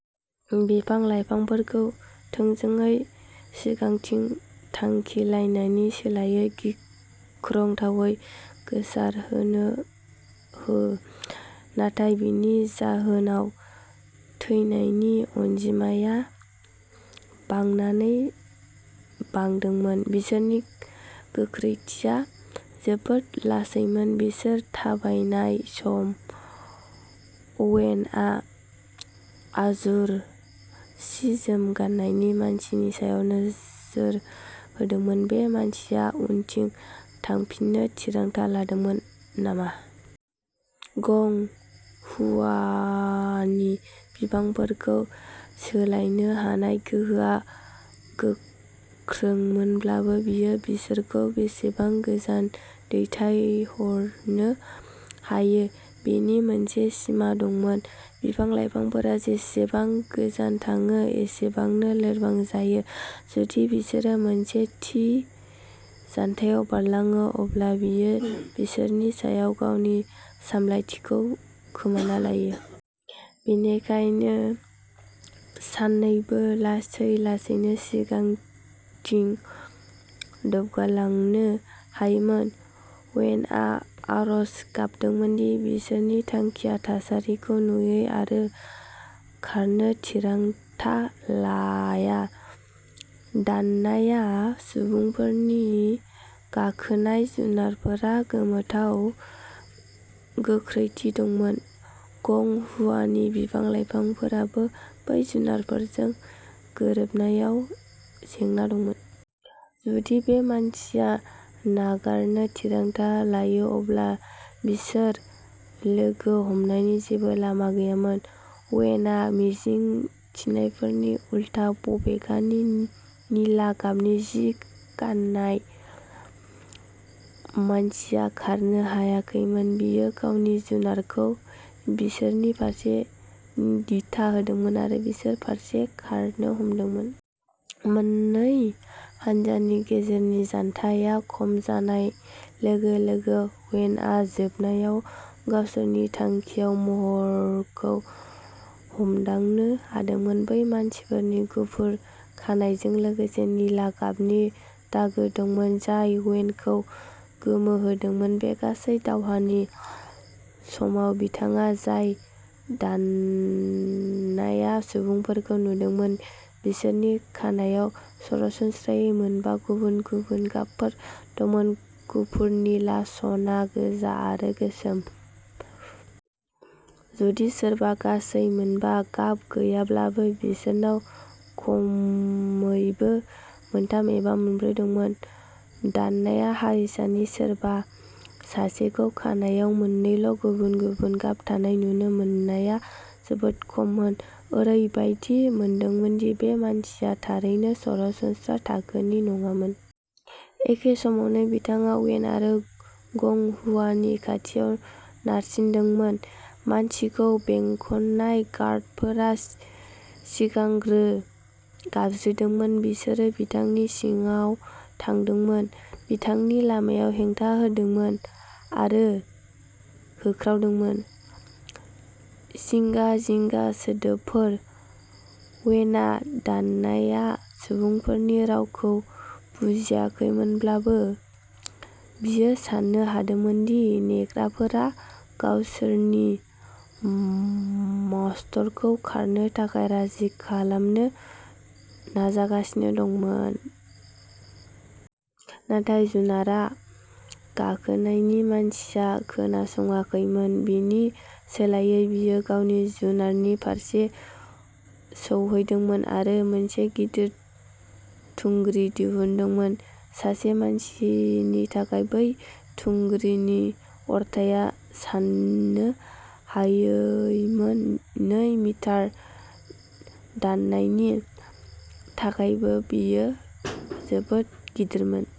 बिफां-लाइफांफोरखौ थोंजोङै सिगांथिं थांखि लानायनि सोलायै गिख्रंथावै गोसारहोनो हो। नाथाय बेनि जाहोनाव, थैनायनि अनजिमाया बांनानै बांदोंमोन। बिसोरनि गोख्रैथिया जोबोद लासैमोन। बिसोर थाबायनाय समाव, अवेनआ आजुर सि-जोम गाननाय मानसिनि सायाव नोजोर होदोंमोन। बे मानसिया उनथिं थांफिननो थिरांथा लादोंमोन नामा? गं हुआनि बिफांफोरखौ सोलायनो हानाय गोहोआ गोख्रोंमोनब्लाबो, बियो बिसोरखौ बेसेबां गोजान दैथायहरनो हायो बेनि मोनसे सिमा दंमोन। बिफां-लाइफांफोरा जेसेबां गोजान थाङो, एसेबांनो लोरबां जायो। जुदि बिसोरो मोनसे थि जानथाय बारलाङो, अब्ला बियो बिसोरनि सायाव गावनि सामलायथिखौ खोमाना लायो। बेनिखायनो सानैबो लासै लासैनो सिगांथिं दावगालांनो हायोमोन। अवेनआ आरज गाबदोंमोन दि बिसोरनि थांखिया थासारिखौ नुयै आरो खारनो थिरांथा लाया। दान्या सुबुंफोरनि गाखोनाय जुनारफोरा गोमोथाव गोख्रैथि दंमोन। गं हुआनि बिफां-लाइफांफोराबो बै जुनारफोरजों गोरोबनायाव जेंना दंमोन। जुदि बे मानसिया नागारनो थिरांथा लायो, अब्ला बिसोर लोगो हमनायनि जेबो लामा गैयामोन। अवेनआ मिजिं थिनायफोरनि उलथा, बबेखानि, निला गाबनि जि गाननाय मानसिया खारनो हायाखैमोन, बियो गावनि जुनारखौ बिसोरनि फारसे दिथा होदोंमोन आरो बिसोरनि फारसे खारनो हमदोंमोन। मोन्नै हान्जानि गेजेरनि जानथाया खम जानाय लोगो-लोगो, अवेनआ जोबनायाव गावसोरनि थांखिनाय महरखौ हमदांनो हादोंमोन। बे मानसिनि गुफुर खानाइजों लोगोसे निला गाबनि दागो दंमोन, जाय अवेनखौ गोमोहोदोंमोन। बे गासै दावहानि समाव, बिथाङा जाय दान्या सुबुंफोरखौ नुदोंमोन, बिसोरनि खानाइआव सरासनस्रायै मोनबा गुबुन-गुबुन गाबफोर दंमोन-गुफुर, निला, सना, गोजा आरो गोसोम। जुदि सोरबा गासै मोनबा गाब गैयाब्लाबो, बिसोरनाव खमैबो मोनथाम एबा मोनब्रै दंमोन। दान्या हारिसानि सोरबा सासेखौ खानाइआव मोननैल'गुबुन-गुबुन गाब थानाय नुनो मोननाया जोबोद खममोन। ओरैबायदि मोनदोंमोन दि बे मानसिया थारैनो सरासनस्रा थाखोनि नङामोन। एखे समावनो, बिथाङा अवेन आरो गं हुआनि खाथियाव नारसिनदोंमोन। मानसिखौ बेंखननाय गार्डफोरा सिगांग्रो गाबज्रिदोंमोन। बिसोरो बिथांनि सिगाङाव थांदोंमोन, बिथांनि लामायाव हेंथा होदोंमोन, आरो होख्रावदोंमोन। जिंगा-जिंगा सोदोबफोर। अवेनआ दान्या सुबुंफोरनि रावखौ बुजियाखैमोनब्लाबो, बियो सान्नो हादोंमोन दि नेग्राफोरा गावसोरनि मास्तरखौ खारनो थाखाय राजि खालामनो नाजागासिनो दंमोन। नाथाय जुनारआव गाखोनाय मानसिया खोनासङाखैमोन। बिनि सोलायै, बियो गावनि जुनारनि फारसे सौहैदोंमोन आरो मोनसे गिदिर थुंग्रि दिहुनदोंमोन। सासे मानसिनि थाखाय, बै थुंग्रिनि अरथाइया साननो हायैमोन। नै मिटार दान्यानि थाखायबो, बेयो जोबोद गिदिरमोन।